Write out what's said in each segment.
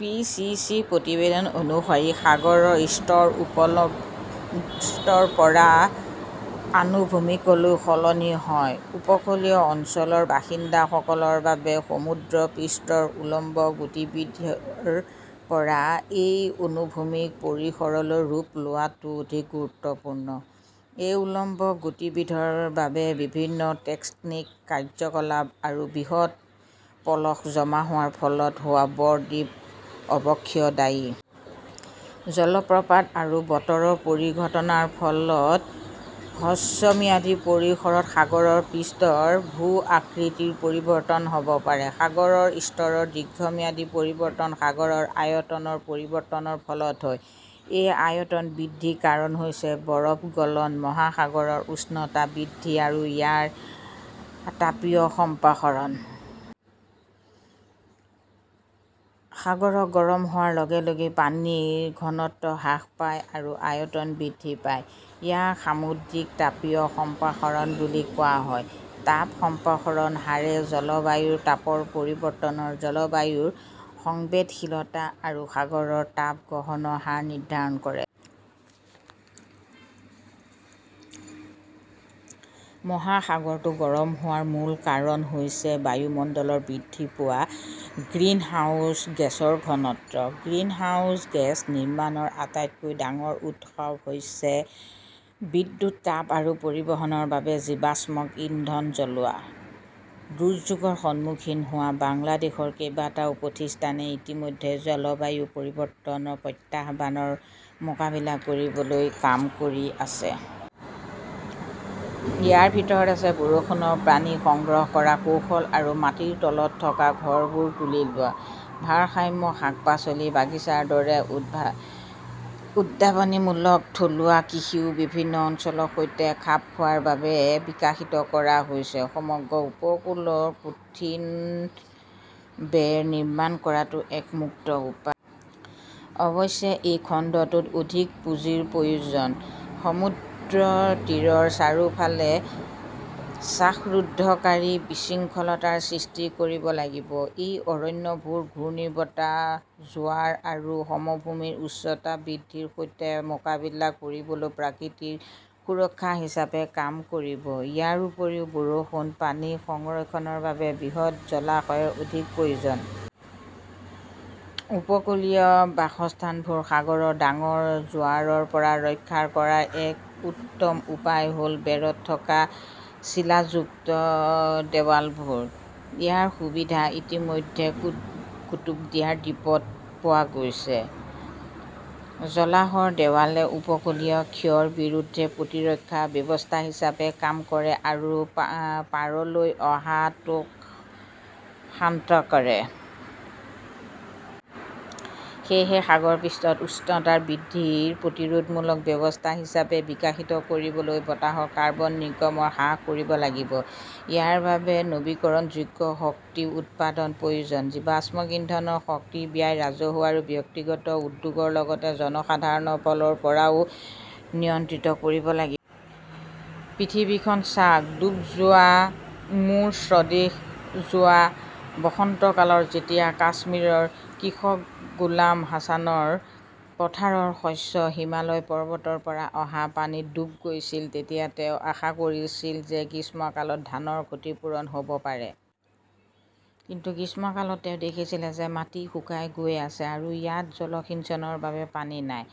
P. C. C. প্ৰতিবেদন অনুসৰি, সাগৰৰ স্তৰ উলম্বৰ পৰা আনুভূমিকলৈ সলনি হয়। উপকূলীয় অঞ্চলৰ বাসিন্দাসকলৰ বাবে সমুদ্ৰপৃষ্ঠৰ উলম্ব গতিবিধিৰ পৰা এই আনুভূমিক পৰিসৰলৈ ৰূপ লোৱাটো অতি গুৰুত্বপূৰ্ণ। এই উলম্ব গতিবিধিৰ বাবে বিভিন্ন টেক্টনিক কাৰ্যকলাপ আৰু বৃহৎ পলস জমা হোৱাৰ ফলত হোৱা ব-দ্বীপৰ অৱক্ষয় দায়ী। জলপ্ৰপাত আৰু বতৰৰ পৰিঘটনাৰ ফলত হ্ৰস্বম্যাদী পৰিসৰত সাগৰৰ পৃষ্ঠৰ ভূ-আকৃতিৰ পৰিৱৰ্তন হ’ব পাৰে। সাগৰৰ স্তৰৰ দীৰ্ঘম্যাদী পৰিৱৰ্তন সাগৰৰ আয়তনৰ পৰিৱৰ্তনৰ ফলত হয়। এই আয়তন বৃদ্ধিৰ কাৰণ হৈছে বৰফ গলন, মহাসাগৰৰ উষ্ণতা বৃদ্ধি আৰু ইয়াৰ তাপীয় সম্প্ৰসাৰণ। সাগৰ গৰম হোৱাৰ লগে লগে পানীৰ ঘনত্ব হ্ৰাস পায় আৰু আয়তন বৃদ্ধি পায়। ইয়াক সামুদ্ৰিক তাপীয় সম্প্ৰসাৰণ বুলি কোৱা হয়। তাপ সম্প্ৰসাৰণৰ হাৰে জলবায়ুৰ তাপৰ পৰিৱৰ্তন, জলবায়ুৰ সংবেদনশীলতা আৰু সাগৰৰ তাপ গ্ৰহণৰ হাৰ নিৰ্ধাৰণ কৰে। মহাসাগৰটো গৰম হোৱাৰ মূল কাৰণ হৈছে বায়ুমণ্ডলত বৃদ্ধি পোৱা গ্ৰিনহাউজ গেছৰ ঘনত্ব। গ্ৰিনহাউজ গেছ নিৰ্গমনৰ আটাইতকৈ ডাঙৰ উৎস হৈছে বিদ্যুৎ, তাপ আৰু পৰিবহণৰ বাবে জীৱাশ্ম ইন্ধন জ্বলোৱা। দুৰ্যোগৰ সন্মুখীন হোৱা বাংলাদেশৰ কেইবাটাও প্ৰতিষ্ঠানে ইতিমধ্যে জলবায়ু পৰিৱৰ্তনৰ প্ৰত্যাহ্বানৰ মোকাবিলা কৰিবলৈ কাম কৰি আছে। ইয়াৰ ভিতৰত আছে বৰষুণৰ পানী সংগ্ৰহ কৰাৰ কৌশল আৰু মাটিৰ তলত থকা ঘৰবোৰ তুলি লোৱা। ভাসমান শাক-পাচলিৰ বাগিচাৰ দৰে উদ্ভাৱনীমূলক থলুৱা কৃষিও বিভিন্ন অঞ্চলৰ সৈতে খাপ খোৱাৰ বাবে বিকশিত কৰা হৈছে। সমগ্ৰ উপকূলত কঠিন বেৰ নিৰ্মাণ কৰাটো এক মুক্ত উপায়। অৱশ্যে এই খণ্ডটোত অধিক পুঁজিৰ প্ৰয়োজন। সমুদ্ৰতীৰৰ চাৰিওফালে শ্বাসৰুদ্ধকাৰী বিশৃংখলতাৰ সৃষ্টি কৰিব লাগিব। এই অৰণ্যবোৰে ঘূৰ্ণীবতাহ, জোৱাৰ আৰু সমভূমিৰ উচ্চতা বৃদ্ধিৰ সৈতে মোকাবিলা কৰিবলৈ প্ৰাকৃতিক সুৰক্ষা হিচাপে কাম কৰিব। ইয়াৰ উপৰিও বৰষুণৰ পানী সংৰক্ষণৰ বাবে বৃহৎ জলাশয়ৰ অধিক প্ৰয়োজন। উপকূলীয় বাসস্থানবোৰ সাগৰৰ ডাঙৰ জোৱাৰৰ পৰা ৰক্ষা কৰাৰ এক উত্তম উপায় হ’ল বেৰত থকা চিলাযুক্ত দেৱালবোৰ। ইয়াৰ সুবিধা ইতিমধ্যে কুতুবাদিয়া দ্বীপত পোৱা গৈছে। জলাহৰ দেৱালে উপকূলীয় ক্ষয়ৰ বিৰুদ্ধে প্ৰতিৰক্ষা ব্যৱস্থা হিচাপে কাম কৰে আৰু পাৰলৈ অহা ঢৌবোৰক শান্ত কৰে। সেয়েহে, সাগৰ পৃষ্ঠৰ উচ্চতা বৃদ্ধিৰ প্ৰতিৰোধমূলক ব্যৱস্থা হিচাপে বিকশিত কৰিবলৈ বতাহত কাৰ্বন নিৰ্গমন হ্ৰাস কৰিব লাগিব। ইয়াৰ বাবে নৱীকৰণযোগ্য শক্তি উৎপাদনৰ প্ৰয়োজন। জীৱাশ্ম ইন্ধনৰ শক্তি ব্যয় ৰাজহুৱা আৰু ব্যক্তিগত উদ্যোগৰ লগতে জনসাধাৰণৰ ফালৰ পৰাও নিয়ন্ত্ৰণ কৰিব লাগিব। পৃথিৱীখন চাওক, ডুব যোৱা মোৰ স্বদেশ যোৱা বসন্তকালত যেতিয়া কাশ্মীৰৰ কৃষক গোলাম হাছানৰ পথাৰৰ শস্য হিমালয় পৰ্বতৰ পৰা অহা পানীত ডুব গৈছিল, তেতিয়াও তেওঁ আশা কৰিছিল যে গ্ৰীষ্মকালত ধানৰ ক্ষতি পূৰণ হ 'ব পাৰে। কিন্তু গ্ৰীষ্মকালত তেওঁ দেখিছিল যে মাটি শুকাই গৈ আছে, আৰু ইয়াত জলসিঞ্চনৰ বাবে পানী নাই।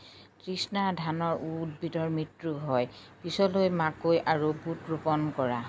তৃষ্ণাত ধানৰ উদ্ভিদৰ মৃত্যু হয়। পিছলৈ মাকৈ আৰু বুট ৰোপণ কৰা